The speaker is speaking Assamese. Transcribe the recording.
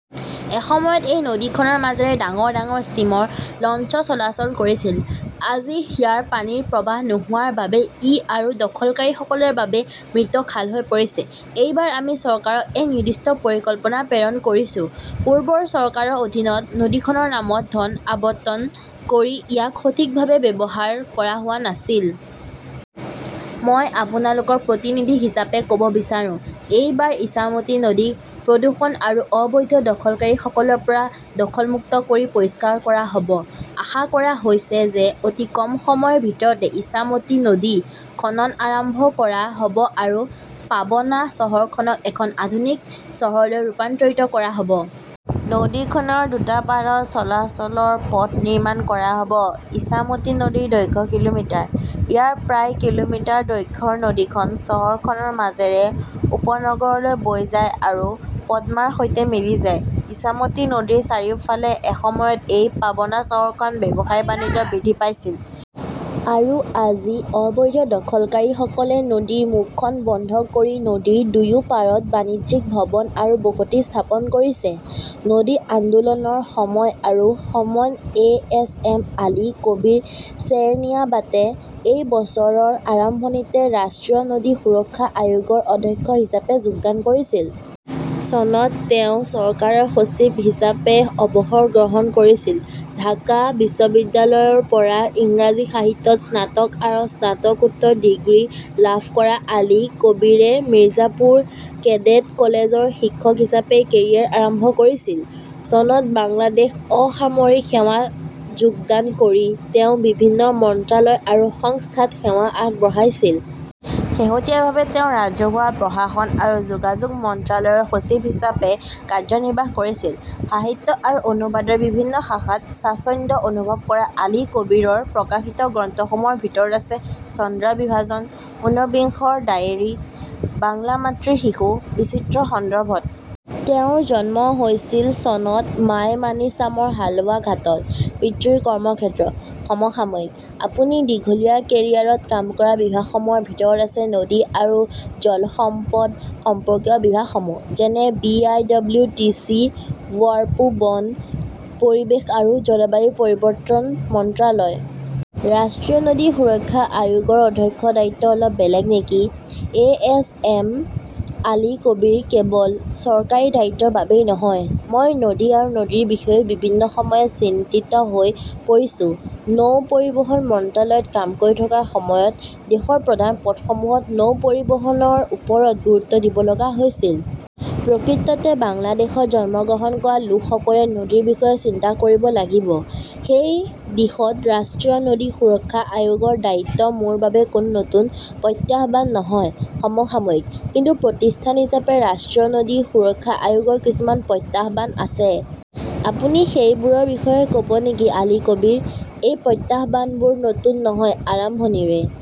এসময়ত এই নদীখনৰ মাজেৰে ডাঙৰ ডাঙৰ ষ্টীমৰ, লঞ্চ চলাচল কৰিছিল। আজি ইয়াৰ পানীৰ প্ৰৱাহ নোহোৱাৰ বাবে ই আৰু দখলকাৰীসকলৰ বাবে মৃত খাল হৈ পৰিছে। এইবাৰ আমি চৰকাৰক এক নিৰ্দিষ্ট পৰিকল্পনা প্ৰেৰণ কৰিছো। পূৰ্বৰ চৰকাৰৰ অধীনত নদীখনৰ নামত ধন আবণ্টন কৰি ইয়াক সঠিকভাৱে ব্যৱহাৰ কৰা হোৱা নাছিল। মই আপোনালোকক প্ৰতিনিধি হিচাপে ক'ব বিচাৰো, এইবাৰ ইছামতি নদীক প্ৰদূষণ আৰু অবৈধ দখলকাৰীসকলৰ পৰা দখল মুক্ত কৰি পৰিষ্কাৰ কৰা হ'ব। আশা কৰা হৈছে যে অতি কম সময়ৰ ভিতৰতে ইছামতি নদী খনন আৰম্ভ কৰা হ'ব আৰু পাবনা চহৰখনক এখন আধুনিক চহৰলৈ ৰূপান্তৰিত কৰা হ'ব। নদীখনৰ দুটা পাৰত চলাচলৰ পথ নিৰ্মাণ কৰা হ’ব। ইছামতি নদীৰ দৈৰ্ঘ্য কিলোমিটাৰ। ইয়াৰ প্ৰায় কিলোমিটাৰ দৈৰ্ঘ্যৰ নদীখন চহৰখনৰ মাজেৰে উপনগৰলৈ বৈ যায় আৰু পদ্মাৰ সৈতে মিলি যায়। ইছামতী নদীৰ চাৰিওফালে এসময়ত এই পাবনা চহৰখনৰ ব্যৱসায়-বাণিজ্য বৃদ্ধি পাইছিল। আৰু আজি, অবৈধ দখলকাৰীসকলে নদীৰ মুখখন বন্ধ কৰি নদীৰ দুয়ো পাৰত বাণিজ্যিক ভৱন আৰু বসতি স্থাপন কৰিছে। নদী আন্দোলনৰ সময় আৰু সমন A. S. M. Ali Kabir চেৰনিয়াবাতে এই বছৰৰ আৰম্ভণিতে ৰাষ্ট্ৰীয় নদী সুৰক্ষা আয়োগৰ অধ্যক্ষ হিচাপে যোগদান কৰিছিল। চনত তেওঁ চৰকাৰৰ সচিব হিচাপে অৱসৰ গ্ৰহণ কৰিছিল। ঢাকা বিশ্ববিদ্যালয়ৰ পৰা ইংৰাজী সাহিত্যত স্নাতক আৰু স্নাতকোত্তৰ ডিগ্ৰী লাভ কৰা আলী কবীৰে মিৰ্জাপুৰ কেডেট কলেজৰ শিক্ষক হিচাপে কেৰিয়াৰ আৰম্ভ কৰিছিল। চনত বাংলাদেশ অসামৰিক সেৱাত যোগদান কৰি তেওঁ বিভিন্ন মন্ত্ৰালয় আৰু সংস্থাত সেৱা আগবঢ়াইছিল। শেহতীয়াভাৱে তেওঁ ৰাজহুৱা প্ৰশাসন আৰু যোগাযোগ মন্ত্ৰালয়ৰ সচিব হিচাপে কাৰ্যনিৰ্বাহ কৰিছিল। সাহিত্য আৰু অনুবাদৰ বিভিন্ন শাখাত স্বাচ্ছন্দ্য অনুভৱ কৰা আলী কবীৰৰ প্ৰকাশিত গ্ৰন্থসমূহৰ ভিতৰত আছে চন্দ্ৰ বিভাজন, ঊনবিংশৰ ডায়েৰী, বাংলা মাতৃৰ শিশু, বিচিত্ৰ সন্দৰ্ভত। তেওঁৰ জন্ম হৈছিল চনত মাইমানিছামৰ হালৱাঘাটত, পিতৃৰ কৰ্মক্ষেত্ৰত। সমসাময়িকঃ আপুনি দীঘলীয়া কেৰিয়াৰত কাম কৰা বিভাগসমূহৰ ভিতৰত আছে নদী আৰু জল সম্পদ সম্পৰ্কীয় বিভাগসমূহ। যেনে B. I. W. T. C. WARPO বন, পৰিৱেশ আৰু জলবায়ু পৰিৱৰ্তন মন্ত্ৰালয়। ৰাষ্ট্ৰীয় নদী সুৰক্ষা আয়োগৰ অধ্যক্ষৰ দায়িত্ব অলপ বেলেগ নেকি A. S. M. Ali Kabir কেৱল চৰকাৰী দায়িত্বৰ বাবেই নহয়, মই নদী আৰু নদীৰ বিষয়েও বিভিন্ন সময়ত চিন্তিত হৈ পৰিছো। নৌ পৰিবহণ মন্ত্ৰালয়ত কাম কৰি থকাৰ সময়ত দেশৰ প্ৰধান পথসমূহত নৌ পৰিবহণৰ ওপৰত গুৰুত্ব দিব লগা হৈছিল। প্ৰকৃততে বাংলাদেশত জন্মগ্ৰহণ কৰা লোকসকলে নদীৰ বিষয়ে চিন্তা কৰিব লাগিব। সেই দিশত ৰাষ্ট্ৰীয় নদী সুৰক্ষা আয়োগৰ দায়িত্ব মোৰ বাবে কোনো নতুন প্ৰত্যাহ্বান নহয়। সমসাময়িকঃ কিন্তু প্ৰতিষ্ঠান হিচাপে ৰাষ্ট্ৰীয় নদী সুৰক্ষা আয়োগৰ কিছুমান প্ৰত্যাহ্বান আছে। আপুনি সেইবোৰৰ বিষয়ে ক 'ব নেকি আলী কবীৰঃ এই প্ৰত্যাহ্বানবোৰ নতুন নহয়, আৰম্ভণিৰে